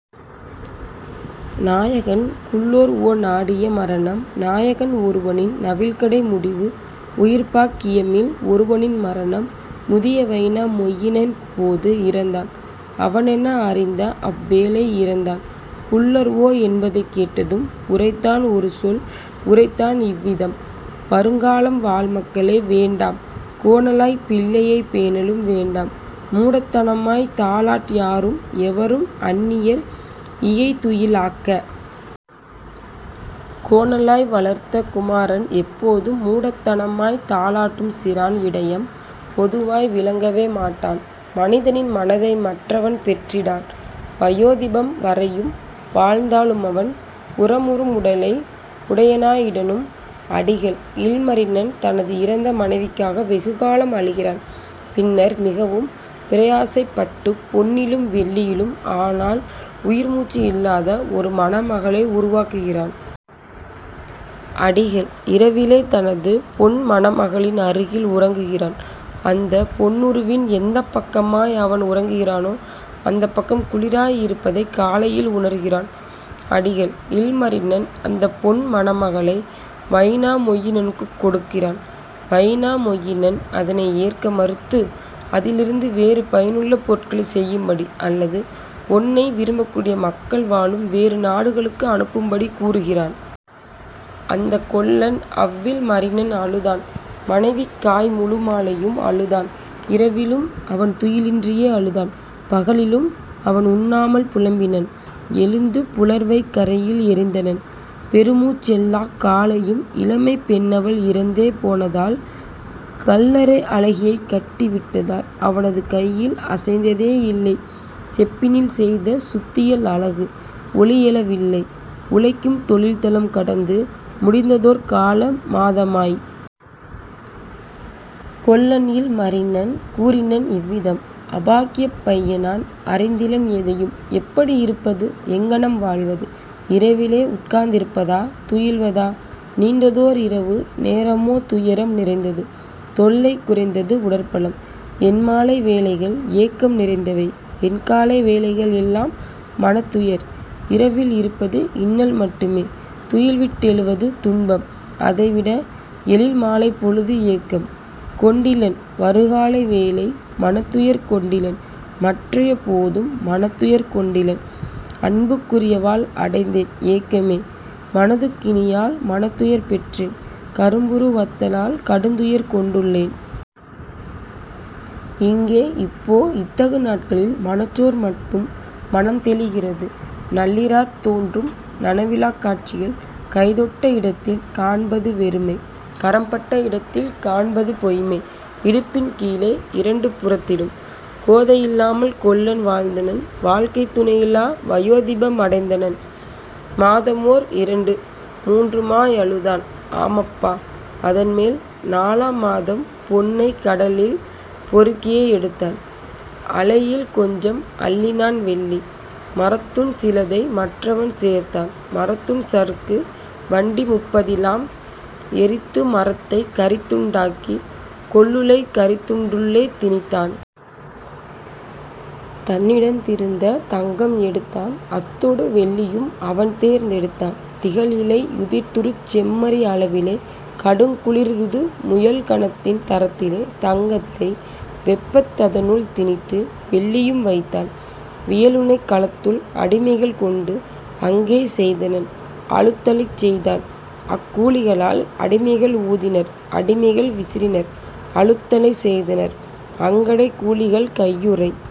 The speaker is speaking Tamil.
நாயகன் குல்லர்வோ நாடிய மரணம் நாயகன் ஒருவனின் நவில்கடை முடிவு உயர்பாக் கியமில் ஒருவனின் மரணம். முதிய வைனா மொயினனப் போது இறந்தான் அவனென அறிந்தஅவ் வேளை இறந்தான் குல்லர்வோ என்பதைக் கேட்டதும் உரைத்தான் ஒருசொல் உரைத்தான் இவ்விதம்: "வருங்கா லம்வாழ் மக்களே வேண்டாம் கோணலாய்ப் பிள்ளையை பேணலும் வேண்டாம் மூடத் தனமாய்த் தாலாட் யாரும் எவரும் அந்நியர் இயைதுயி லாக்க! கோணலாய் வளர்த்த குமாரன் எப்போதும் மூடத் தனமாய்த் தாலாட் டும்சிறான் விடயம் பொதுவாய் விளங்கவே மாட்டான் மனிதனின் மனதை மற்றவன் பெற்றிடான் வயோதிபம் வரையும் வாழ்ந்தா லுமவன் உரமுறும் உடலை உடைய னாயிடினும். " அடிகள்: இல்மரினன் தனது இறந்த மனைவிக்காக வெகுகாலம் அழுகிறான். பின்னர் மிகவும் பிரயாசைப்பட்டுப் பொன்னிலும் வெள்ளியிலும் ஆனால் உயிர் மூச்சு இல்லாத ஒரு மணமகளை உருவாக்குகிறான். அடிகள்: இரவிலே தனது பொன் மணமகளின் அருகில் உறங்குகிறான். அந்தப் பொன்னுருவின் எந்தப் பக்கமாய் அவன் உறங்குகிறானோ அந்தப் பக்கம் குளிராய் இருப்பதைக் காலையில் உணருகிறான். அடிகள்: இல்மரினன் அந்தப் பொன் மணமகளை வைனாமொயினனுக்குக் கொடுக்கிறான். வைனாமொயினன் அதனை ஏற்க மறுத்து, அதிலிருந்து வேறு பயனுள்ள பொருட்களைச் செய்யும்படி அல்லது பொன்னை விரும்பக்கூடிய மக்கள் வாழும் வேறு நாடுகளுக்கு அனுப்பும்படி கூறுகிறான். அந்தக் கொல்லன் அவ்வில் மரினன் அழுதான் மனைவிக் காய்முழு மாலையும் அழுதான் இரவிலும் அவன்துயி லின்றியே அழுதான் பகலிலும் அவனுண் ணாமல் புலம்பினன் எழுந்து புலர்வை கறையில் எறிந்தனன் பெருமூச் செல்லாக் காலையும் இளமைப் பெண்ணவள் இறந்தே போனதால் கல்லறை அழகியைக் கட்டி விட்டதால். அவனது கையில் அசைந்ததே யில்லை செப்பினில் செய்த சுத்தியல் அலகு, ஒலியெழ வில்லை உழைக்கும் தொழில்தலம் கடந்து முடிந்ததோர் கால மாதமாய். கொல்லன்இல் மரினன் கூறினன் இவ்விதம்: "அபாக்கியப் பையநான் அறிந்திலன் எதையும் எப்படி இருப்பது எங்ஙனம் வாழ்வது; இரவிலே உட்கார்ந் திருப்பதா துயில்வதா நீண்டதோ இரவு நேரமோ துயரம் நிறைந்தது தொல்லை குறைந்தது உடற்பலம். என்மாலை வேளைகள் ஏக்கம் நிறைந்தவை என்காலை வேளைகள் எல்லாம் மனத்துயர் இரவில் இருப்பது இன்னல் மட்டுமே துயில்விட் டெழுவது துன்பம் அதைவிட எழில்மா லைப்பொழு ஏக்கம் கொண்டிலன் வருகாலை வேளை மனத்துயர் கொண்டிலன் மற்றைய போதும் மனத்துயர் கொண்டிலன்; அன்புக் குரியளால் அடைந்தேன் ஏக்கமே மனதுக் கினியளால் மனத்துயர் பெற்றேன் கரும்புரு வத்தளால் கடுந்துயர் கொண்டுளேன். இங்கே இப்போ இத்தகு நாட்களில் மனச்சோர் மட்டும் மனத் தெழுகிறது நள்ளிராத் தோன்றும் நனவிலாக் காட்சிகள் கைதொட்ட இடத்தில் காண்பது வெறுமை கரம்பட்ட இடத்தில் காண்பது பொய்மை இடுப்பின் கீழே இரண்டு புறத்திலும். " கோதையில் லாமல் கொல்லன் வாழ்ந்தனன் வாழ்க்கைத் துணையிலா வயோதிப மடைந்தனன்; மாதமோர் இரண்டு மூன்றுமா யழுதான் ஆமப்பா, அதன்மேல் நாலாம் மாதம் பொன்னைக் கடலில் பொறுக்கியே யெடுத்தான் அலையில் கொஞ்சம் அள்ளினான் வெள்ளி; மரத்துண் சிலதை மற்றவன் சேர்த்தான் மரத்துண் சறுக்கு வண்டிமுப் பதிலாம்; எரித்து மரத்தைக் கரித்துண் டாக்கி கொல்லுலை கரித்துண் டுள்ளே திணித்தான். தன்னிடத் திருந்த தங்கம் எடுத்தான் அத்தொடு வெள்ளியும் அவன்தேர்ந் தெடுத்தான் திகழ்இலை யுதிர்ருதுச் செம்மறி அளவிலே கடுங்குளிர் ருதுமுயல் கனத்தின் தரத்திலே தங்கத்தை வெப்பத் ததனுள் திணித்து வெள்ளியும் வைத்தான் வியனுலைக் களத்துள் அடிமைகள் கொண்டு அங்கே செய்தனன் அழுத்தலைச் செய்தான் அக்கூ லிகளால். அடிமைகள் ஊதினர் அடிமைகள் விசிறினர் அழுத்தலைச் செய்தனர் அங்கடை கூலிகள் கையுறை